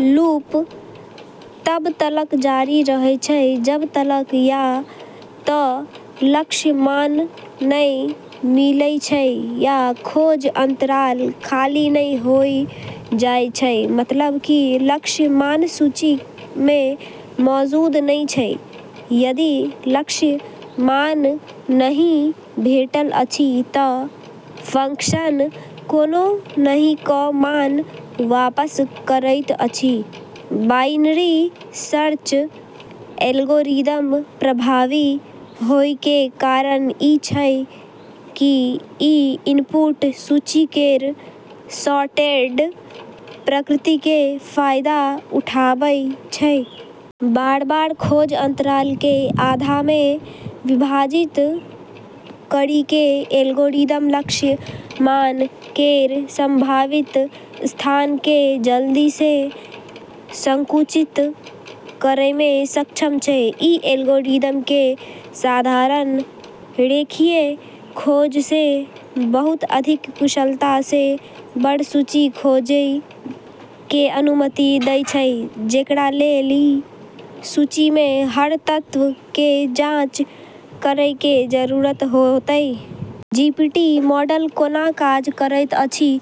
Loop तब तलक जारी रहै छै जब तलक या त लक्ष्य मान नै मिलै छै या खोज अंतराल खाली नै होय जाय छै, मतलब कि लक्ष्य मान सूची मे मौजूद नै छै। यदि लक्ष्य मान नहि भेटल अछि, त फंक्शन कोनो नहि क' मान वापस करैत अछि, बाइनरी सर्च एल्गोरिदम प्रभावी होय के कारण ई छै कि ई इनपुट सूची केरऽ सॉर्टेड प्रकृति के फायदा उठाबै छै। बार-बार खोज अंतराल के आधा मे विभाजित करी के एल्गोरिदम लक्ष्य मान केरऽ संभावित स्थान के जल्दी से संकुचित करै मे सक्षम छै, ई एल्गोरिदम के साधारण रेखीय खोज से बहुत अधिक कुशलता से बड़ऽ सूची खोजै के अनुमति दै छै जेकरा लेली सूची मे हर तत्व के जांच करै के जरूरत होतै। जीपीटी मॉडल कोना काज करैत अछि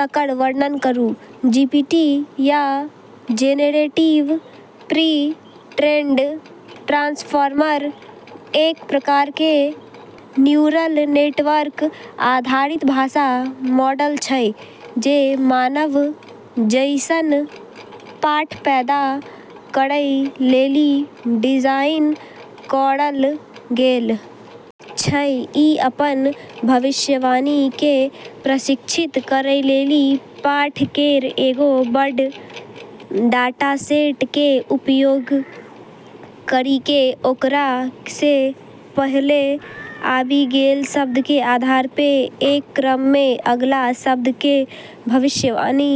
तकर वर्णन करू, जीपीटी या जेनेरेटिव प्री-ट्रेन्ड ट्रांसफार्मर एक प्रकार के न्यूरल नेटवर्क आधारित भाषा मॉडल छै जे मानव जैसनऽ पाठ पैदा करै लेली डिजाइन करलऽ गेलऽ छै, ई अपनऽ भविष्यवाणी के प्रशिक्षित करै लेली पाठ केरऽ एगो बड़ऽ डाटासेट के उपयोग करी के ओकरा से पहले आबी गेलऽ शब्दऽ के आधार पे एक क्रम मे अगला शब्द के भविष्यवाणी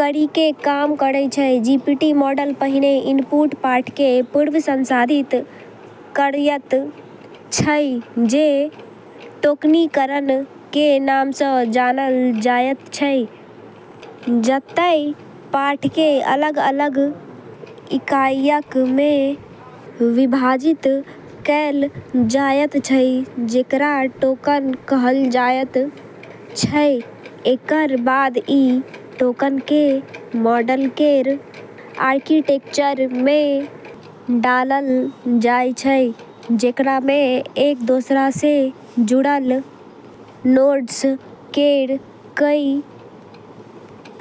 करी के काम करै छै, जीपीटी मॉडल पहिने इनपुट पाठ कें पूर्व-संसाधित करयत छै जे टोकनीकरण कें नाम सं जानल जायत छै, जतय पाठ कें अलग-अलग इकाइयक मे विभाजित कैल जायत छै जेकरा टोकन कहल जायत छै, एकरऽ बाद ई टोकन के मॉडल केरऽ आर्किटेक्चर मे डाललऽ जाय छै जेकरा मे एक दोसरा से जुड़लऽ नोड्स केरऽ कई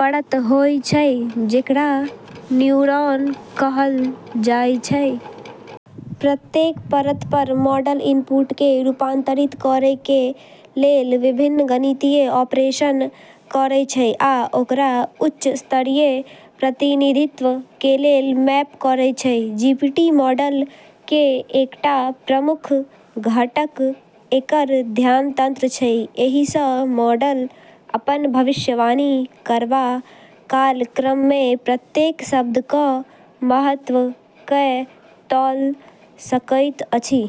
परत होय छै जेकरा न्यूरॉन कहलऽ जाय छै। प्रत्येक परत पर मॉडल इनपुट कें रूपांतरित करय कें लेल विभिन्न गणितीय ऑपरेशन करय छै आ ओकरा उच्च स्तरीय प्रतिनिधित्व कें लेल मैप करय छै, जीपीटी मॉडल कें एकटा प्रमुख घटक एकर ध्यान तंत्र छै, एहि स मॉडल अपन भविष्यवाणी करबा काल क्रम मे प्रत्येक शब्द क महत्व कए तौल सकैत अछि।